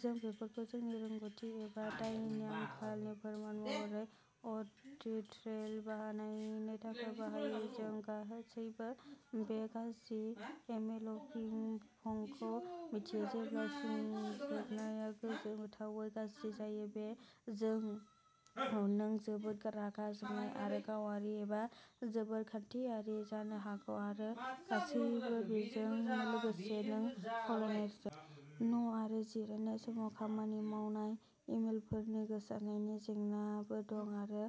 जों बेफोरखौ जोंनि रोंग'थि एबा दायनि आंखालनि फोरमान महरै अडिट ट्रेल्स बानायनो थाखाय बाहायो। जों गासैबो बे गाज्रि इमेल'पिं पंखौ मिथियो जेब्ला सुंज्रोबनाया गोमोथावै गाज्रि जायो नों जोबोद रागा जोंनाय आरो गावारि एबा जोबोद खान्थियारि जानो हागौ आरो गासैबो बेजों लोगोसे नों खावलायनाय रिपर्ट। न' आरो जिरायनाय समाव खामानि मावनाय इमेलफोरनि गोसारनायनि जेंनाबो दं आरो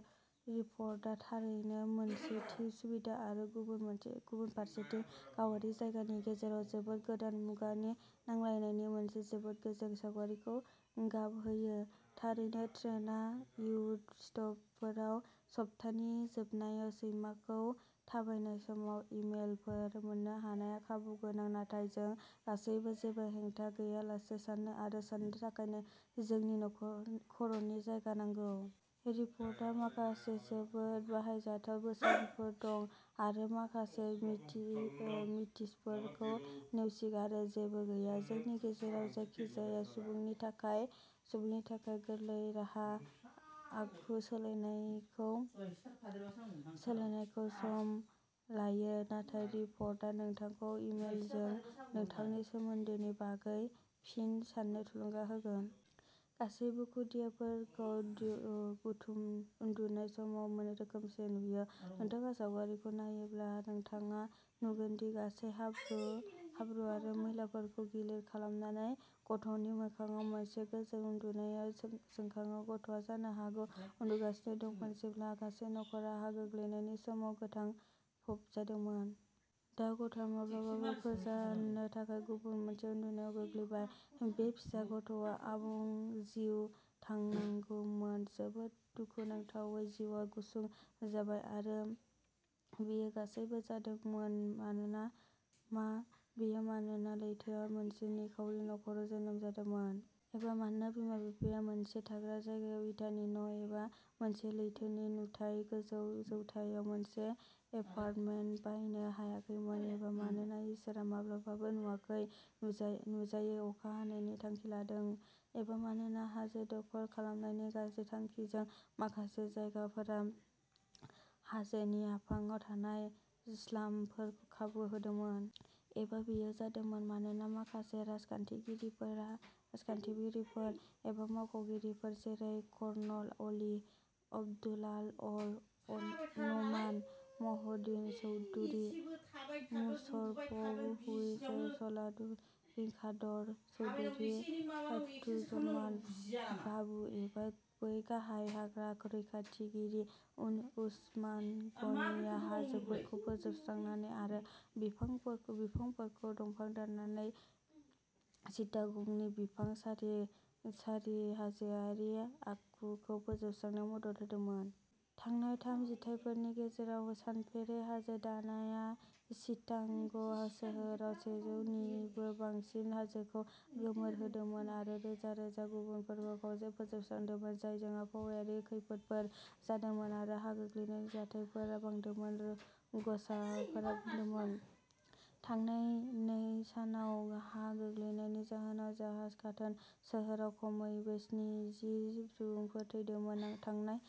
रिपर्टआ थारैनो मोनसेथिं सुबिदा आरो गुबुन फारसेथिं गावारि जायगानि गेजेराव जोबोद गोदान मुगानि नांलायनायनि मोनसे जोबोद गोजों सावगारिखौ गाबहोयो। थारैनो ट्रेनआव ट्युब स्टपफोराव सप्तानि जोबनायाव सैमाखौ थाबायनाय समाव इमेलफोर मोन्नो हानायआ खाबुगोनां नाथाय जों गासैबो जेबो हेंथा गैयालासे साननो आरो साननो थाखाय जोंनि खर'नि जायगा नांगौ। रिपर्टहा माखासे जोबोद बाहायजाथाव बोसोनफोर दं आरो माखासे मिथिसफोरखौ नेवसिगारो। जेबो गैया। जोंनि गेजेराव जायखिजाया सुबुंनि थाखाय गोरलै राहा आखु सोलायनायखौ सम लायो नाथाय रिपर्टआ नोंथांखौ इमेलजों नोंथांनि सोमोन्दोनि बागै फिन साननो थुलुंगा होगोन। गासैबो खुदियाफोरखौ उन्दुनाय समाव रोखोमसे नुयो। नोंथाङा सावगारिखौ नायोब्ला नोंथाङा नुगोनदि गासै हाब्रु आरो मैलाफोरखौ गिलिर खालामनानै गथ'नि मोखांआव मोनसे गोजोन उन्दुनाया जोंखाङो। गथ'आ जानो हागौ उन्दुगासिनो दंमोन जेब्ला गासै नख'रा हा गोग्लैनायनि समाव गोथां फबजादोंमोन। दा गथ'आ माब्लाबाबो फोजानो थाखाय गुबुन मोनसे उन्दुनायाव गोग्लैबाय। बे फिसा गथ'आ आबुं जिउ थांनांगौमोन। जोबोद दुखुनांथावै जिउआ गुसुं जाबाय। आरो बेयो गासैबो जादोंमोन मानोना मा? बेयो मानोना लैथोआ मोनसे निखावरि नख'राव जोनोम जादोंमोन? एबा मानोना बिमा-बिफाया मोनसे थाग्रा जायगायाव इटानि न' एबा मोनसे लैथोनि नुथाय गोजौ जौथायाव मोनसे एपार्टमेन्ट बायनो हायाखैमोन? एबा मानोना इसोरआ माब्लाबाबो नुजायै अखा हानायनि थांखि लादों? एबा मानोना हाजो दखल खालामनायनि गाज्रि थांखिजों माखासे जायगाफोरा हाजोनि आफाङाव थानाय स्लामफोरखौ खाबु होदोंमोन? एबा बेयो जादोंमोन मानोना माखासे राजखान्थिगिरिफोर एबा मावख'गिरिफोर जेरै कर्नल अलि, आब्दुल्लाह अल न'मान, मह'दीन चौधुरी, मुशर्रफ हुसैन, सलाहुद्दीन कादर चौधरी, आख्तुज्जमान बाबू एबा बै गाहाय हाग्रा रैखाथिगिरि उस्मान गनीआ हाजोफोरखौ फोजोबस्रांनानै आरो बिफांफोरखौ दंफां दाननानै चिटागंनि बिफां सारि हाजोआरि आखुखौ फोजोबस्रांनायाव मदद होदोंमोन? थांनाय थाम जिथाइफोरनि गेजेराव सानफेरै हाजो दानाया चिटागं सोहोराव सेजौनिबो बांसिन हाजोफोरखौ गोमोरहोदोंमोन आरो रोजा रोजा गुबुनफोरखौ खावसे फोजोबस्रांदोंमोन जायजों आबहावायारि खैफोदफोर जादोंमोन आरो हा गोग्लैनायनि जाथायफोरा बांदोंमोन रोंग'साफोरा बुंदोंमोन। थांनाय नै सानाव हा गोग्लैनायनि जाहोनाव जाहाज गाथोन सोहोराव खमैबो स्निजि सुबुंफोर थैदोंमोन थांनाय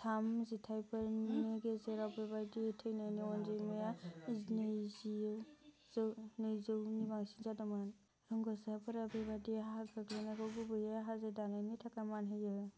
थाम जिथाइफोरनि गेजेराव बेबादि थैनायनि अनजिमाया नैजौनि बांसिन जादोंमोन। रोंग'साफोरा बेबादि हा गोग्लैनायखौ गुबैयै हाजो दाननायनि थाखाय मान होयो।